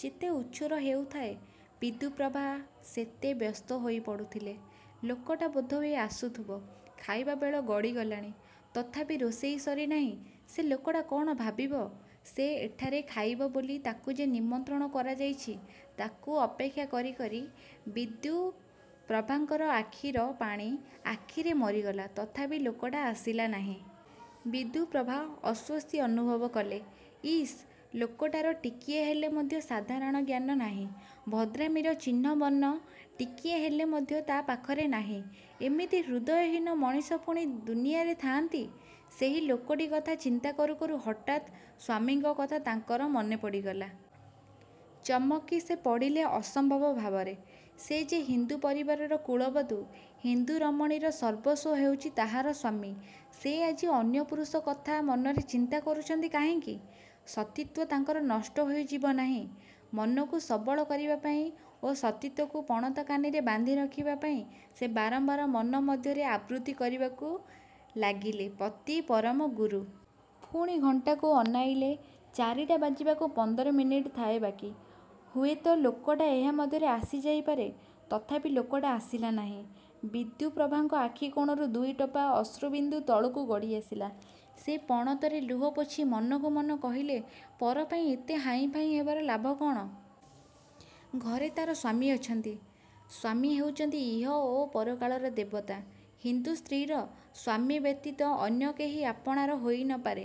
ଯେତେ ଉଛୁର ହେଉଥାଏ ବିଦ୍ୟୁପ୍ରଭା ସେତେ ବ୍ୟସ୍ତହୋଇ ପଡ଼ୁଥିଲେ। ଲୋକଟା ବୋଧହୁଏ ଆସୁଥିବ। ଖାଇବା ବେଳ ଗଡ଼ିଗଲାଣି। ତଥାପି ରୋଷେଇ ସରିନାହିଁ। ସେ ଲୋକଟା କ'ଣ ଭାବିବ? ସେ ଏଠାରେ ଖାଇବ ବୋଲି ତାକୁ ଯେ ନିମନ୍ତ୍ରଣ କରାଯାଇଛି। ତାକୁ ଅପେକ୍ଷା କରି କରି ବିଦ୍ୟୁପ୍ରଭାଙ୍କର ଆଖିର ପାଣି ଆଖିରେ ମରିଗଲା ତଥାପି ଲୋକଟା ଆସିଲା ନାହିଁ। ବିଦ୍ୟୁପ୍ରଭା ଅସ୍ୱସ୍ତି ଅନୁଭବ କଲେ। ଇସ୍ ଲୋକଟାର ଟିକିଏ ହେଲେ ମଧ୍ୟ ସାଧାରଣଜ୍ଞାନ ନାହିଁ। ଭଦ୍ରାମିର ଚିହ୍ନ ବର୍ଣ୍ଣ ଟିକିଏ ହେଲେ ମଧ୍ୟ ତା' ପାଖରେ ନାହିଁ। ଏମିତି ହୃଦୟହୀନ ମଣିଷ ପୁଣି ଦୁନିଆରେ ଥାଆନ୍ତି? ସେହି ଲୋକଟି କଥା ଚିନ୍ତା କରୁ କରୁ ହଠାତ୍ ସ୍ୱାମୀଙ୍କ କଥା ତାଙ୍କର ମନେପଡ଼ିଗଲା। ଚମକି ସେ ପଡ଼ିଲେ ଅସମ୍ଭବ ଭାବରେ। ସେ ଯେ ହିନ୍ଦୁ ପରିବାରର କୁଳବଧୁ। ହିନ୍ଦୁରମଣୀର ସର୍ବସ୍ୱ ହେଉଛି ତାହାର ସ୍ଵାମୀ। ସେ ଆଜି ଅନ୍ୟ ପୁରୁଷ କଥା ମନରେ ଚିନ୍ତା କରୁଛନ୍ତି କାହିଁକି? ସତୀତ୍ୱ ତାଙ୍କର ନଷ୍ଟ ହୋଇଯିବ ନାହିଁ? ମନକୁ ସବଳ କରିବା ପାଇଁ ଓ ସତୀତ୍ୱକୁ ପଣତକାନିରେ ବାନ୍ଧିରଖିବା ପାଇଁ ସେ ବାରମ୍ବାର ମନମଧ୍ୟରେ ଆବୃତ୍ତି କରିବାକୁ ଲାଗିଲେ 'ପତି ପରମ ଗୁରୁ। ' ପୁଣି ଘଣ୍ଟାକୁ ଅନାଇଲେ। ଚାରି ବାଜିବାକୁ ପନ୍ଦର ମିନିଟ୍ ଥାଏ ବାକି। ହୁଏତ ଲୋକଟା ଏହା ମଧ୍ୟରେ ଆସିଯାଇପାରେ? ତଥାପି ଲୋକଟା ଆସିଲା ନାହିଁ। ବିଦ୍ୟୁପ୍ରଭାଙ୍କ ଆଖି କୋଣରୁ ଦୁଇଟୋପା ଅଶ୍ରୁବିନ୍ଦୁ ତଳକୁ ଗଡ଼ିଆସିଲା। ସେ ପଣତରେ ଲୁହ ପୋଛି ମନକୁ ମନ କହିଲେ ପର ପାଇଁ ଏତେ ହାଇଁପାଇଁ ହେବାରେ ଲାଭ କ'ଣ? ଘରେ ତା'ର ସ୍ୱାମୀ ଅଛନ୍ତି। ସ୍ୱାମୀ ହେଉଛନ୍ତି ଇହ ଓ ପରକାଳର ଦେବତା। ହିନ୍ଦୁ ସ୍ତ୍ରୀର ସ୍ୱାମୀ ବ୍ୟତୀତ ଅନ୍ୟ କେହି ଆପଣାର ହୋଇନପାରେ।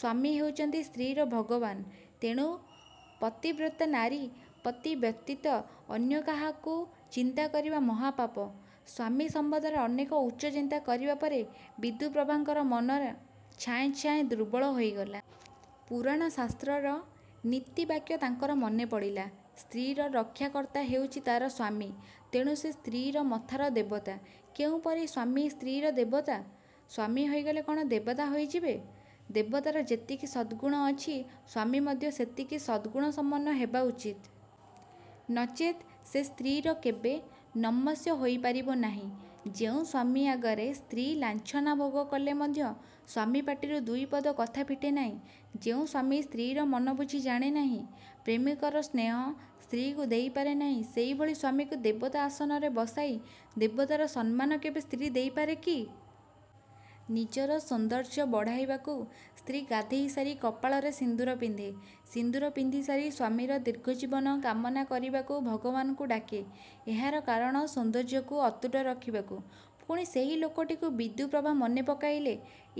ସ୍ୱାମୀ ହେଉଛନ୍ତି ସ୍ତ୍ରୀର ଭଗବାନ। ତେଣୁ ପତିବ୍ରତା ନାରୀ ପତି ବ୍ୟତୀତ ଅନ୍ୟ କାହାକୁ ଚିନ୍ତା କରିବା ମହାପାପ। ସ୍ୱାମୀ ସମ୍ବନ୍ଧରେ ଅନେକ ଉଚ୍ଚ ଚିନ୍ତା କରିବା ପରେ ବିଦ୍ୟୁପ୍ରଭାଙ୍କର ମନ ଛାଏଁ ଛାଏଁ ଦୁର୍ବଳ ହୋଇଗଲା। ପୁରାଣ ଶାସ୍ତ୍ରର ନୀତିବାକ୍ୟ ତାଙ୍କର ମନେପଡ଼ିଲା। ସ୍ତ୍ରୀର ରକ୍ଷାକର୍ତ୍ତା ହେଉଛି ତା'ର ସ୍ୱାମୀ। ତେଣୁ ସେ ସ୍ତ୍ରୀର ମଥାର ଦେବତା। କେଉଁପରି ସ୍ୱାମୀ ସ୍ତ୍ରୀର ଦେବତା? ସ୍ୱାମୀ ହୋଇଗଲେ କ'ଣ ଦେବତା ହୋଇଯିବେ-? ଦେବତାର ଯେତିକି ସଦ୍ଗୁଣ ଅଛି ସ୍ୱାମୀ ମଧ୍ୟ ସେତିକି ସଦ୍ଗୁଣସମ୍ପନ୍ନ ହେବା ଉଚିତ୍। ନଚେତ୍ ସେ ସ୍ତ୍ରୀର କେବେ ନମସ୍ୟ ହୋଇପାରିବ ନାହିଁ। ଯେଉଁ ସ୍ୱାମୀ ଆଗରେ ସ୍ତ୍ରୀ ଲାଞ୍ଛନା ଭୋଗ କଲେ ମଧ୍ୟ ସ୍ୱାମୀ ପାଟିରୁ ଦୁଇପଦ କଥା ଫିଟେନାହିଁ, ଯେଉଁ ସ୍ୱାମୀ ସ୍ତ୍ରୀର ମନ ବୁଝି ଜାଣେ ନାହିଁ, ପ୍ରେମିକର ସ୍ନେହ ସ୍ତ୍ରୀକୁ ଦେଇପାରେ ନାହିଁ, ସେହିଭଳି ସ୍ୱାମୀକୁ ଦେବତାର ଆସନରେ ବସାଇ ଦେବତାର ସମ୍ମାନ କେବେ ସ୍ତ୍ରୀ ଦେଇପାରେ କି? ନିଜର ସୌନ୍ଦର୍ଯ୍ୟ ବଢ଼ାଇବାକୁ ସ୍ତ୍ରୀ ଗାଧୋଇସାରି କପାଳରେ ସିନ୍ଦୂର ପିନ୍ଧେ। ସିନ୍ଦୂର ପିନ୍ଧିସାରି ସ୍ୱାମୀର ଦୀର୍ଘଜୀବନ କାମନା କରିବାକୁ ଭଗବାନଙ୍କୁ ଡାକେ। ଏହାର କାରଣ ସୌନ୍ଦର୍ଯ୍ୟକୁ ଅତୁଟ ରଖିବାକୁ। ପୁଣି ସେହି ଲୋକଟିକୁ ବିଦ୍ୟୁପ୍ରଭା ମନେପକାଇଲେ।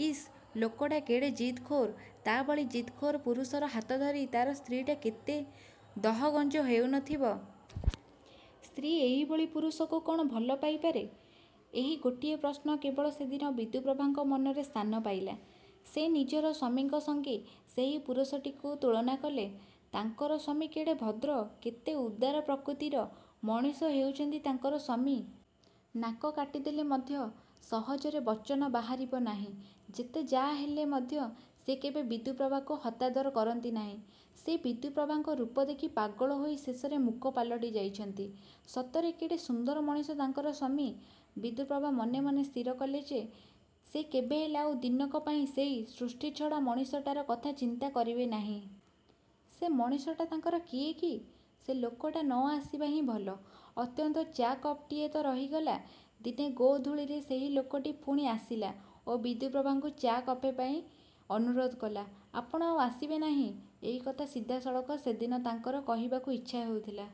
ଇସ୍ ଲୋକଟା କେଡ଼େ ଜିଦଖୋର। ତା' ଭଳି ଜିଦଖୋର ପୁରୁଷର ହାତଧରି ତା'ର ସ୍ତ୍ରୀଟା କେତେ ଦହଗଞ୍ଜ ହେଉନଥିବ? ସ୍ତ୍ରୀ ଏହିଭଳି ପୁରୁଷକୁ କ'ଣ ଭଲପାଇପାରେ? ଏହି ଗୋଟିଏ ପ୍ରଶ୍ନ କେବଳ ସେଦିନ ବିଦ୍ୟୁପ୍ରଭାଙ୍କ ମନରେ ସ୍ଥାନ ପାଇଲା। ସେ ନିଜର ସ୍ୱାମୀଙ୍କ ସଙ୍ଗେ ସେହି ପୁରୁଷଟିକୁ ତୁଳନା କଲେ। ତାଙ୍କର ସ୍ୱାମୀ କେଡ଼େ ଭଦ୍ର। କେତେ ଉଦାର ପ୍ରକୃତିର ମଣିଷ ହେଉଛନ୍ତି ତାଙ୍କର ସ୍ୱାମୀ। ନାକ କାଟିଦେଲେ ମଧ୍ୟ ସହଜରେ ବଚନ ବାହାରିବ ନାହିଁ। ଯେତେ ଯାହାହେଲେ ମଧ୍ୟ ସେ କେବେ ବିଦ୍ୟୁପ୍ରଭାକୁ ହତାଦର କରନ୍ତି ନାହିଁ। ସେ ବିଦ୍ୟୁପ୍ରଭାଙ୍କ ରୂପ ଦେଖି ପାଗଳ ହୋଇ ଶେଷରେ ମୂକ ପାଲଟି ଯାଇଛନ୍ତି। ସତରେ କେଡ଼େ ସୁନ୍ଦର ମଣିଷ ତାଙ୍କର ସ୍ୱାମୀ! ବିଦ୍ୟୁପ୍ରଭା ମନେମନେ ସ୍ଥିର କଲେ ଯେ ସେ କେବେହେଲେ ଆଉ ଦିନକ ପାଇଁ ସେହି ସୃଷ୍ଟିଛଡ଼ା ମଣିଷଟାର କଥା ଚିନ୍ତା କରିବେ ନାହିଁ। ସେ ମଣିଷଟା ତାଙ୍କର କିଏ କି? ସେ ଲୋକଟା ନ ଆସିବା ହିଁ ଭଲ। ଅନ୍ତତଃ ଚା' କପ୍ଟିଏ ତ ରହିଗଲା। ଦିନେ ଗୋଧୂଳିରେ ସେହି ଲୋକଟି ପୁଣି ଆସିଲା ଓ ବିଦ୍ୟୁପ୍ରଭାଙ୍କୁ ଚା' କପେ ପାଇଁ ଅନୁରୋଧ କଲା। 'ଆପଣ ଆଉ ଆସିବେ ନାହିଁ ' ଏହିକଥା ସିଧାସଳଖ ସେଦିନ ତାଙ୍କର କହିବାକୁ ଇଚ୍ଛା ହେଉଥିଲା।